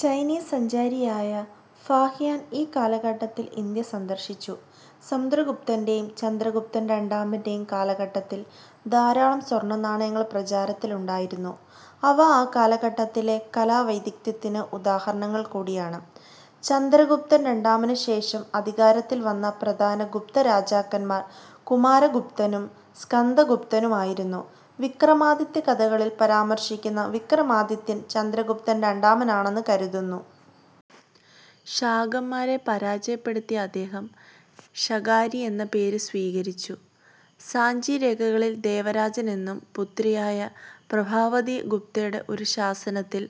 Chinese സഞ്ചാരിയായ Fahien ഈ കാലഘട്ടത്തിൽ ഇന്ത്യ സന്ദർശിച്ചു. സമുദ്രഗുപ്തന്റെയും ചന്ദ്രഗുപ്തൻ രണ്ടാമന്റെയും കാലഘട്ടത്തിൽ ധാരാളം സ്വർണ നാണയങ്ങൾ പ്രചാരത്തിലുണ്ടായിരുന്നു. അവ അക്കാലഘട്ടത്തിലെ കലാവൈദഗ്ധ്യത്തിന് ഉദാഹരണങ്ങൾ കൂടിയാണ്. ചന്ദ്രഗുപ്തൻ രണ്ടാമനു ശേഷം അധികാരത്തിൽ വന്ന പ്രധാന ഗുപ്തരാജാക്കന്മാർ കുമാരഗുപ്തനും സ്കന്ദഗുപ്തനും ആയിരുന്നു. വിക്രമാദിത്യ കഥകളിൽ പരാമർശിക്കുന്ന വിക്രമാദിത്യൻ ചന്ദ്രഗുപ്തൻ രണ്ടാമനാണെന്ന് കരുതുന്നു. ശാകന്മാരെ പരാജയപ്പെടുത്തിയ അദ്ദേഹം ""ശകാരി' എന്ന പേര് സ്വീകരിച്ചു. സാഞ്ചിരേഖകളിൽ ""ദേവരാജൻ എന്നും പുത്രിയായ പ്രഭാവതി ഗുപ്തയുടെ ഒരു ശാസനത്തിൽ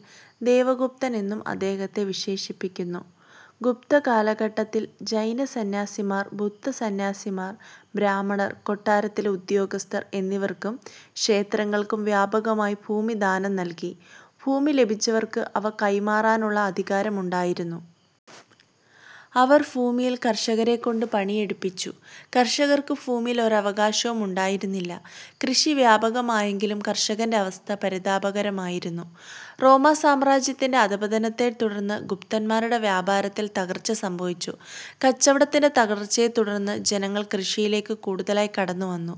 "ദേവഗുപ്തൻ' എന്നും അദ്ദേഹത്തെ വിശേഷിപ്പിക്കുന്നു. ഗുപ്തകാലഘട്ടത്തിൽ ജൈനസന്ന്യാസിമാർ, ബുദ്ധ സന്ന്യാസിമാർ, ബ്രാഹ്മണർ, കൊട്ടാരത്തിലെ ഉദ്യോഗസ്ഥർ എന്നിവർക്കും ക്ഷേത്രങ്ങൾക്കും വ്യാപകമായി ഭൂമി ദാനം നൽകി. ഭൂമി ലഭിച്ചവർക്ക് അവ കൈമാറാനുള്ള അധികാരം ഉണ്ടായിരുന്നു. അവർ ഭൂമിയിൽ കർഷകരെക്കൊണ്ട് പണിയെടുപ്പിച്ചു. കർഷകർക്ക് ഭൂമിയിൽ ഒരവകാശവും ഉണ്ടായിരുന്നില്ല. കൃഷി വ്യാപകമായെങ്കിലും കർഷകന്റെ അവസ്ഥ പരിതാപകരമായിരുന്നു. റോമാസാമ്രാജ്യത്തിന്റെ അധപ്പപതനത്തെത്തുടർന്ന് ഗുപ്തന്മാരുടെ വ്യാപാരത്തിൽ തകർച്ച സംഭവിച്ചു. കച്ചവടത്തിന്റെ തകർച്ചയെ തുടർന്ന് ജനങ്ങൾ കൃഷിയിലേക്കു കൂടുതലായി കടന്നുവന്നു.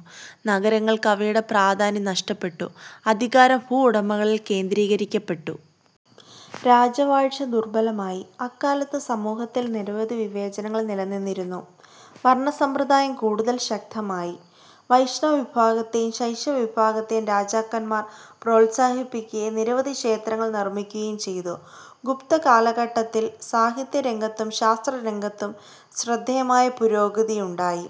നഗരങ്ങൾക്ക് അവയുടെ പ്രാധാന്യം നഷ്ടപ്പെട്ടു. അധികാരം ഭൂവുടമകളിൽ കേന്ദ്രീകരിക്കപ്പെട്ടു. രാജവാഴ്ച ദുർബലമായി. അക്കാലത്ത് സമൂഹത്തിൽ നിരവധി വിവേചനങ്ങൾ നിലനിന്നിരുന്നു. വർണസമ്പ്രദായം കൂടുതൽ ശക്തമായി. വൈഷ്ണവിഭാഗത്തെയും ശൈവവിഭാഗത്തെയും രാജാക്കന്മാർ പ്രോത്സാഹിപ്പിക്കുകയും നിരവധി ക്ഷേത്രങ്ങൾ നിർമിക്കുകയും ചെയ്തു. ഗുപ്തകാലഘട്ടത്തിൽ സാഹിത്യരംഗത്തും ശാസ്ത്രരംഗത്തും ശ്രദ്ധേയമായ പുരോഗതിയുണ്ടായി.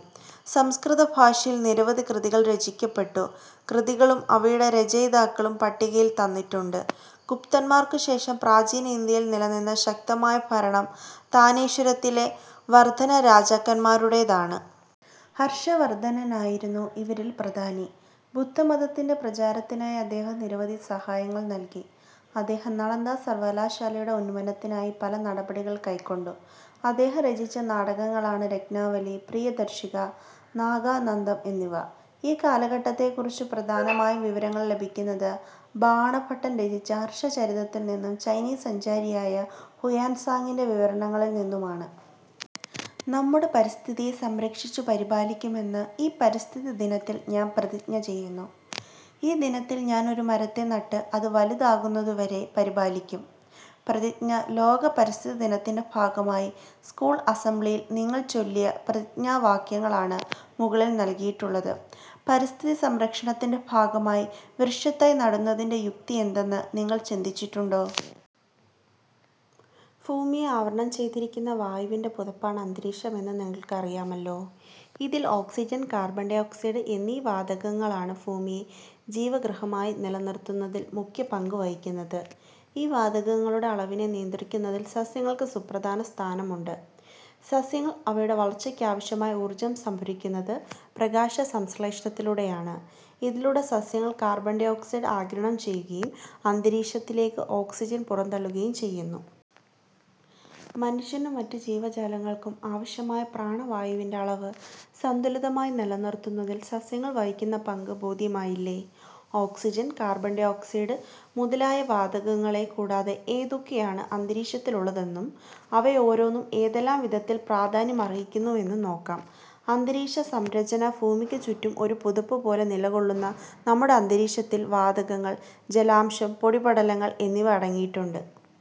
സംസ്കൃതഭാഷയിൽ നിരവധി കൃതികൾ രചിക്കപ്പെട്ടു. കൃതികളും അവയുടെ രചയിതാക്കളും പട്ടികയിൽ തന്നിട്ടുണ്ട്. ഗുപ്തന്മാർക്കുശേഷം പ്രാചീന ഇന്ത്യയിൽ നിലനിന്ന ശക്തമായ ഭരണം താനേശ്വരത്തിലെ വർധനരാജാക്കന്മാരുടേതാണ്. ഹർഷവർധനനായിരുന്നു ഇവരിൽ പ്രധാനി. ബുദ്ധമതത്തിന്റെ പ്രചാരത്തിനായി അദ്ദേഹം നിരവധി സഹായങ്ങൾ നൽകി. അദ്ദേഹം നളന്ദ സർവകലാശാലയുടെ ഉന്നമനത്തിനായി പല നടപടികൾ കൈക്കൊണ്ടു. അദ്ദേഹം രചിച്ച നാടകങ്ങളാണ് രത്നാവലി, പ്രിയദർശിക, നാഗാനന്ദം എന്നിവ. ഈ കാലഘട്ടത്തെക്കുറിച്ച് പ്രധാനമായും വിവരങ്ങൾ ലഭിക്കുന്നത് ബാണ ഭട്ടൻ രചിച്ച "ഹർഷചരിതത്തിൽ നിന്നും ചൈനീസ് സഞ്ചാരിയായ ഹുയാൻസാങിന്റെ വിവരണങ്ങളിൽ നിന്നുമാണ്. നമ്മുടെ പരിസ്ഥിതിയെ സംരക്ഷിച്ചു പരിപാലിക്കുമെന്ന് ഈ പരിസ്ഥിതി ദിനത്തിൽ ഞാൻ പ്രതിജ്ഞ ചെയ്യുന്നു. ഈ ദിനത്തിൽ ഞാൻ ഒരു മരത്തെ നട്ട് അത് വലുതാകുന്നതുവരെ പരിപാലിക്കും. -പ്രതിജ്ഞ ലോക പരിസ്ഥിതിദിനത്തിന്റെ ഭാഗമായി സ്കൂൾ അസംബ്ലിയിൽ നിങ്ങൾ ചൊല്ലിയ പ്രതിജ്ഞാവാക്യങ്ങളാണ് മുകളിൽ നൽകിയിട്ടുള്ളത്. പരിസ്ഥിതിസംരക്ഷണത്തിന്റെ ഭാഗമായി വൃക്ഷത്തൈ നടുന്നതിന്റെ യുക്തി യെന്തെന്ന് നിങ്ങൾ ചിന്തിച്ചിട്ടുണ്ടോ? ഭൂമിയെ ആവരണം ചെയ്തിരിക്കുന്ന വായുവിന്റെ പുതപ്പാണ് അന്തരീക്ഷം എന്നു നിങ്ങൾക്കറിയാമല്ലോ. ഇതിൽ ഓക്സിജൻ, കാർബൺ ഡയോക്സൈഡ് എന്നീ വാതകങ്ങളാണ് ഭൂമിയെ ജീവഗൃഹമായി നിലനിർത്തുന്നതിൽ മുഖ്യ പങ്കുവഹിക്കുന്നത്. ഈ വാതകങ്ങളുടെ അളവിനെ നിയന്ത്രിക്കുന്നതിൽ സസ്യങ്ങൾക്ക് സുപ്രധാന സ്ഥാനമുണ്ട്. സസ്യങ്ങൾ അവയുടെ വളർച്ചയ്ക്കാവശ്യമായ ഊർജം സംഭരിക്കുന്നത് പ്രകാശസംശ്ലേഷണത്തിലൂടെയാണ്. ഇതിലൂടെ സസ്യങ്ങൾ കാർബൺ ഡയോക്സൈഡ് ആഗിരണം ചെയ്യുകയും അന്തരീക്ഷത്തിലേക്ക് ഓക്സിജൻ പുറന്തള്ളുകയും ചെയ്യുന്നു. മനുഷ്യനും മറ്റു ജീവജാലങ്ങൾക്കും ആവശ്യമായ പ്രാണവായുവിന്റെ അളവ് സന്തുലിതമായി നിലനിർത്തുന്നതിൽ സസ്യങ്ങൾ വഹിക്കുന്ന പങ്ക് ബോധ്യമായില്ലേ. ഓക്സിജൻ, കാർബൺ ഡയോക്സൈഡ് മുതലായ വാതകങ്ങളെ കൂടാതെ ഏതൊക്കെയാണ് അന്തരീക്ഷത്തിലുള്ളതെന്നും അവയോരോന്നും ഏതെല്ലാം വിധത്തിൽ പ്രാധാന്യമർഹിക്കുന്നുവെന്നും നോക്കാം. അന്തരീക്ഷസംരചന ഭൂമിക്കുചുറ്റും ഒരു പുതപ്പു പോലെ നിലകൊള്ളുന്ന നമ്മുടെ അന്തരീക്ഷത്തിൽ വാതകങ്ങൾ, ജലാംശം, പൊടിപടലങ്ങൾ എന്നിവ അട ങ്ങിയിട്ടുണ്ട്.